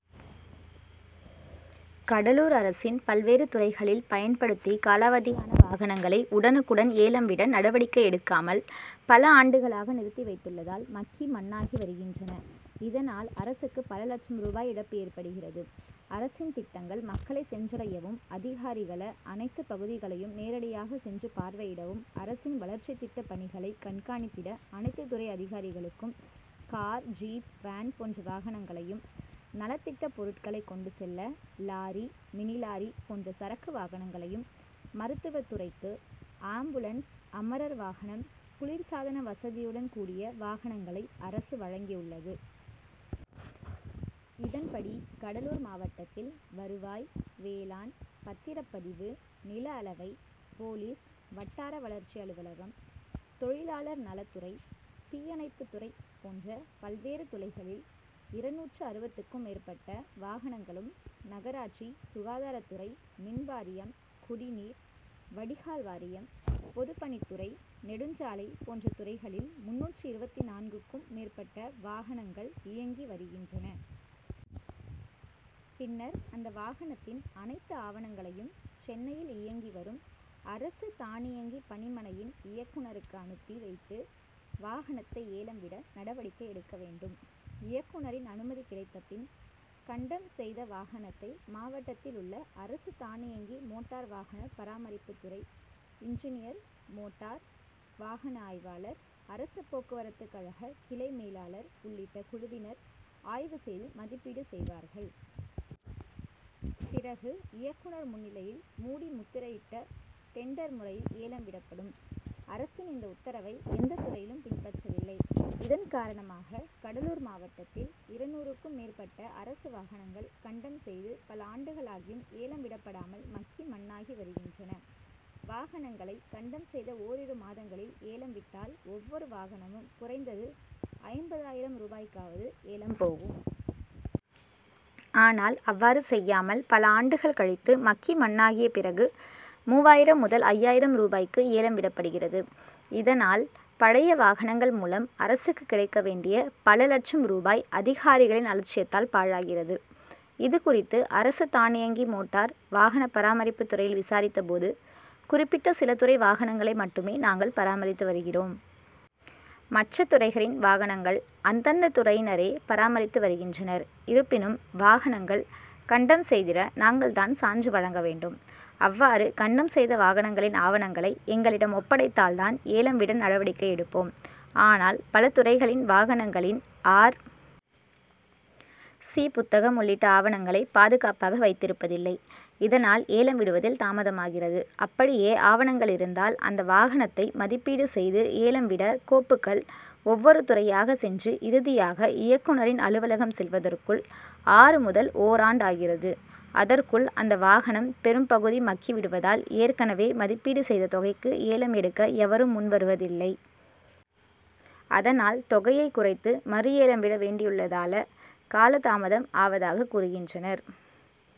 கடலூர் அரசின் பல்வேறு துறைகளில் பயன்படுத்தி காலாவதியான வாகனங்களை உடனுக்குடன் ஏலம் விட நடவடிக்கை எடுக்காமல் பல ஆண்டுகளாக நிறுத்தி வைத்துள் ளதால் மக்கி மண்ணாகி வருகின்றன. இதனால் அரசுக்கு பல லட்சம் ரூபாய் இழப்பு ஏற்படுகிறது. அரசின் திட்டங்கள் மக்களை சென்றடையவும், அதிகாரிகள அனைத்து பகுதிகளையும் நேரடியாக சென்று பார் வையிடவும், அரசின் வளர்ச்சி திட்ட பணிகளை கண்காணித்திட அனைத்து துறை அதிகாரிகளுக்கும் கார், ஜீப், வேன் போன்ற வாகனங்களையும், நலத்திட்ட பொருட்களை கொண்டு செல்ல லாரி, மினிலாரி போன்ற சரக்கு வாகனங்களையும், மருத் துவத் துறைக்கு ஆம்புலன்ஸ், அமரர் வாகனம், குளிர் சாதன வசதியுடன் கூடிய வாகனங்களை அரசு வழங்கியுள்ளது. இதன்படி கடலூர் மாவட்டத்தில் வருவாய், வேளாண், பத்திரப்பதிவு, நில அளவை, போலீஸ், வட்டார வளர்ச்சி அலுவலகம், தொழிலாளர் நலத் துறை, தீயணைப்புத்துறை போன்ற பல்வேறு துறைகளில் இருநூற்று அறுபதுக்கும் மேற்பட்ட வாகனங்களும், நகராட்சி, சுகாதாரத் துறை, மின் வாரியம், குடிநீர் வடிகால் வாரியம், பொதுப்பணித் துறை, நெடுஞ்சாலை போன்ற துறைகளில் முந்நூற்று இருபத்து நான்குக்கும் மேற்பட்ட வாகனங் கள் இயங்கி வருகின்றன. பின்னர் அந்த வாகனத்தின் அனைத்து ஆவணங்களையும் சென்னையில் இயங்கி வரும் அரசு தானியங்கி பணிமனையின் இயக்குனருக்கு அனுப்பி வைத்து வாகனத்தை ஏலம் விட நடவடிக்கை எடுக்க வேண்டும். இயக்குனரின் அனுமதி கிடைத்த பின் கண்டம் செய்த வாகனத்தை மாவட்டத்தில் உள்ள அரசு தானியங்கி மோட்டார் வாகன பராமரிப்பு துறை இன்ஜினியர், மோட்டார் வாகன ஆய்வாளர், அரசு போக்குவரத்து கழக கிளை மேலாளர் உள்ளிட்ட குழுவினர் ஆய்வு செய்து மதிப்பீடு செய்வார்கள். பிறகு இயக்குனர் முன்னிலையில் மூடி முத்திரையிட்ட டெண்டர் முறையில் ஏலம் விடப்படும். அரசின் இந்த உத்தரவை எந்த துறையிலும் பின்பற்றவில்லை. இதன் காரணமாக கடலூர் மாவட்டத்தில் இருநூறுக்கும் மேற்பட்ட அரசு வாகனங்கள் கண்டம் செய்து பல ஆண்டுகளாகியும் ஏலம் விடப்படாமல் மக்கி மண்ணாகி வருகின்றன. வாகனங்களை கண்டம் செய்த ஓரிரு மாதங்களில் ஏலம் விட்டால் ஒவ்வொரு வாகனமும் குறைந்தது ஐம்பதாயிரம் ரூபாய்க்காவது ஏலம் போகும். ஆனால் அவ்வாறு செய்யாமல் பல ஆண்டுகள் கழித்து மக்கி மண்ணாகிய பிறகு மூவாயிரம் முதல் ஐயாயிரம் ரூபாய்க்கு ஏலம் விடப்படுகிறது. இதனால் பழைய வாகனங்கள் மூலம் அரசுக்கு கிடைக்க வேண்டிய பல லட்சம் ரூபாய் அதிகாரிகளின் அலட்சியத்தால் பாழாகிறது. இதுகுறித்து அரசு தானியங்கி மோட்டார் வாகன பராமரிப்பு துறையில் விசாரித்த போது, குறிப்பிட்ட சில துறை வாகனங்களை மட்டுமே நாங்கள் பராமரித்து வருகிறோம். மற்ற துறைகளின் வாகனங்கள் அந்தந்த துறையினரே பராமரித்து வருகின்றனர். இருப்பினும் வாகனங்கள் கண்டம் செய்திட நாங்கள் தான் சான்று வழங்க வேண்டும். அவ்வாறு கண்டம் செய்த வாகனங்களின் ஆவணங்களை எங்களிடம் ஒப்படைத்தால் தான் ஏலம் விட நடவடிக்கை எடுப்போம். ஆனால் பல துறைகளில் வாகனங்களின் ஆர். சி. புத்தகம் உள்ளிட்ட ஆவணங்களை பாதுகாப்பாக வைத்திருப் பதில்லை. இதனால் ஏலம் விடுவதில் தாமதமாகிறது. அப்படியே ஆவணங்கள் இருந்தால் அந்த வாகனத்தை மதிப்பீடு செய்து ஏலம் விட கோப்புகள் ஒவ்வொரு துறையாக சென்று இறுதியாக இயக்குனரின் அலுவலகம் செல்வதற்குள் ஆறு முதல் ஓராண்டாகிறது. அதற்குள் அந்த வாகனம் பெரும் பகுதி மக்கி விடுவதால் ஏற்கனவே மதிப்பீடு செய்த தொகைக்கு ஏலம் எடுக்க எவரும் முன் வருவதில்லை. அதனால் தொகையை குறைத்து மறு ஏலம் விட வேண்டியுள்ளதால காலதாமதம் ஆவதாக கூறுகின்றனர்.